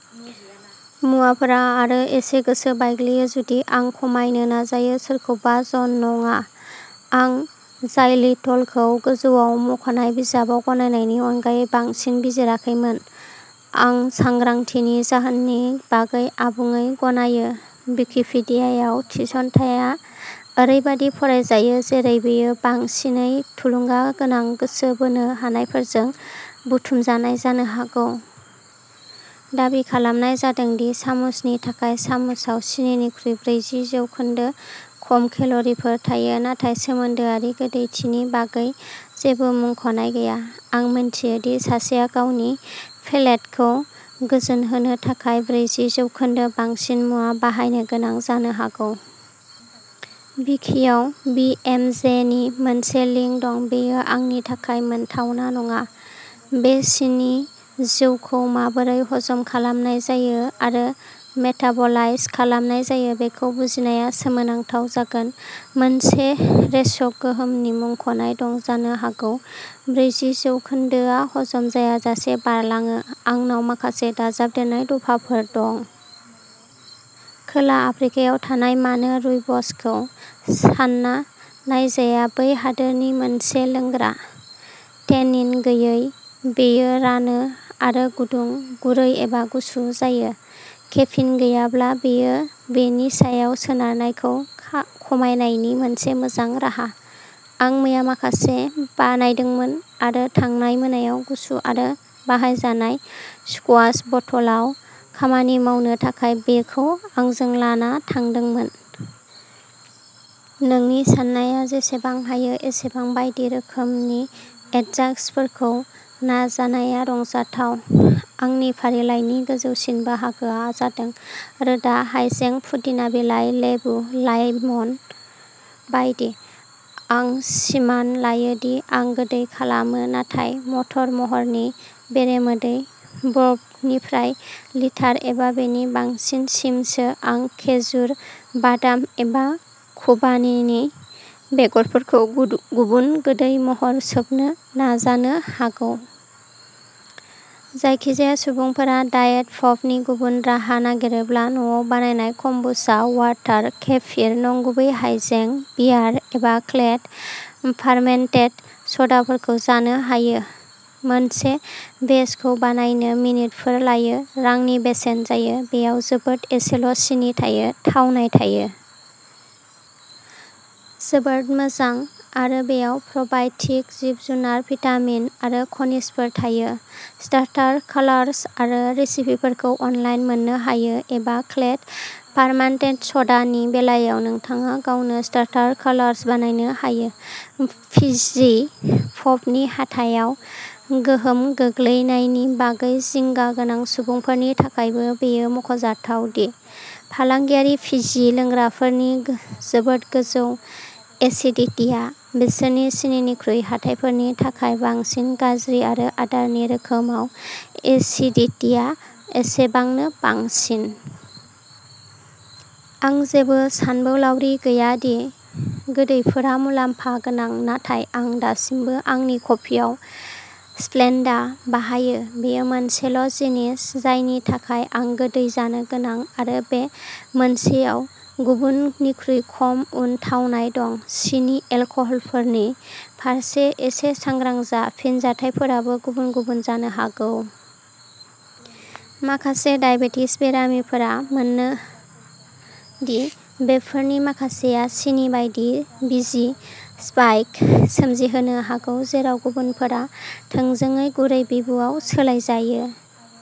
मुवाफोरा आरो एसे गोसो बायग्लियो जुदि आं खमायनो नाजायो सोरखौबा जन, नङा, आं जाइलिट'लखौ गोजौआव मख'नाय बिजाबाव गनायनायनि अनगायै बांसिन बिजिराखैमोन। आं सांग्रांथिनि जाहोननि बागै आबुङै गनायो। विकिपीडियायाव थिसननाया ओरैबायदि फरायजायो जेरै बेयो बांसिनै थुलुंगा गोनां गोसो बोनो हानायफोरजों बुथुमजानाय जानो हागौ। दाबि खालामनाय जादों दि सामुसनि थाखाय सामुसआव सिनिनिख्रुइ ब्रैजि जौखोन्दो खम केल'रिफोर थायो नाथाय सोमोन्दोआरि गोदैथिनि बागै जेबो मुंख'नाय गैया। आं मिन्थियो दि सासेआ गावनि पेलेटखौ गोजोनहोनो थाखाय ब्रैजि जौखोन्दो बांसिन मुवा बाहायनो गोनां जानो हागौ। विकिआव बि एम जे नि मोनसे लिंक दं बेयो आंनि थाखाय मोनथावना नङा। बे सिनि-जौखौ माबोरै हजम खालामनाय जायो आरो मेटाबलाइज खालामनाय जायो बेखौ बुजिनाया गोसोनांथाव जागोन। मोनसे रेचक गोहोमनि मुंख'नाय दं-जानो हागौ ब्रैजि जौखोन्दो आ हजम जायाजासे बारलाङो आंनाव माखासे दाजाबदेरनाय दफाफोर दं। खोला आफ्रिकायाव थानाय। मानो' रुइबस' खौ सानना नायजाया बै हादोरनि मोनसे लोंग्रा। टेनिन गैयै, बेयो रानो आरो गुदुं, गुरै एबा गुसु जायो। केफिन गैयाब्ला, बेयो बेनि सायाव सोनारनायखौ खमायनायनि मोनसे मोजां राहा। आं मैया माखासे बानायदोंमोन आरो थांनाय मोनायाव गुसु आरो बाहायजानाय स्कुवाश बथलआव खामानि मावनो थाखाय बेखौ आंजों लाना थांदोंमोन। नोंनि साननाया जेसेबां हायो एसेबां बायदि रोखोमनि एडजांक्टफोरखौ नाजानाया रंजाथाव। आंनि फारिलाइनि गोजौसिन बाहागोआ जादों रोदा हायजें, पुदिना बिलाइ, लेबु, लाइम बायदि। आं सिमान लायो दि आं गोदै खालामो नाथाय मटर महरनि बेरेमोदैनि ब्लबनिफ्राय लिटार एबा बेनि बांसिन सिमसो आं खेजुर, बादाम एबा खुबानीनि बेगरफोरखौ गुबुन गोदै महरै सोबनो नाजानो हागौ। जायखिजाया सुबुंफोरा डायेट पपनि गुबुन राहा नागिरोब्ला न'आव बानायनाय कम्बुचा, वाटार केफिर, नंगुबै हायजें बियार, एबा लेक्ट'- फार्मेन्टेड स'डाफोरखौ जानो हायो। मोनसे बेचखौ बानायनो मिनिटफोर लायो, रांनि बेसेन जायो, बेयाव जोबोद एसेल' सिनि थायो, थावनाय थायो। जोबोद मोजां, आरो बेयाव प्र'बाय'टिक जिब-जुनार, भिटामिन आरो खनिजफोर थायो। स्टार्टार कालसार आरो रेसिपिफोरखौ अनलाइन मोननो हायो, एबा लेक्ट'- फार्मेन्टेड स'डानि बेलायाव नोंथाङा गावनो स्टार्टार कालसार बानायनो हायो। फिज्जि पपनि हाथाइआव गोहोम गोग्लैनायनि बागै जिंगा गोनां सुबुंफोरनि थाखायबो बेयो मख'जाथाव दि फालांगियारि फिज्जि लोंग्राफोरनि जोबोद गोजौ एसिडिटीया बिसोरनि सिनिनिख्रुइ हाथाइफोरनि थाखाय बांसिन गाज्रि-आरो आदारनि रोखोमाव एसिडिटीआ एसेबांनो बांसिन। आं जेबो सानबोलावरि गैया दि गोदैफोरा मुलामफा गोनां नाथाय आं दासिमबो आंनि कफिआव स्प्लेन्डा बाहायो, बेयो मोनसेल' जिनिस जायनि थाखाय आं गोदै जानो गोनां आरो बे मोनसेयाव गुबुन निख्रुइ खम उन-थावनाय दं। सिनि एलकहलफोरनि फारसे एसे सांग्रां जा, फिनजाथायफोराबो गुबुन-गुबुन जानो हागौ। माखासे दाइबेटिस बेरामिफोरा मोनो दि बेफोरनि माखासेया सिनि बायदि बिजि स्पाइक सोमजिहोनो हागौ, जेराव गुबुनफोरा थोंजोङै गुरै बिबुआव सोलायजायो।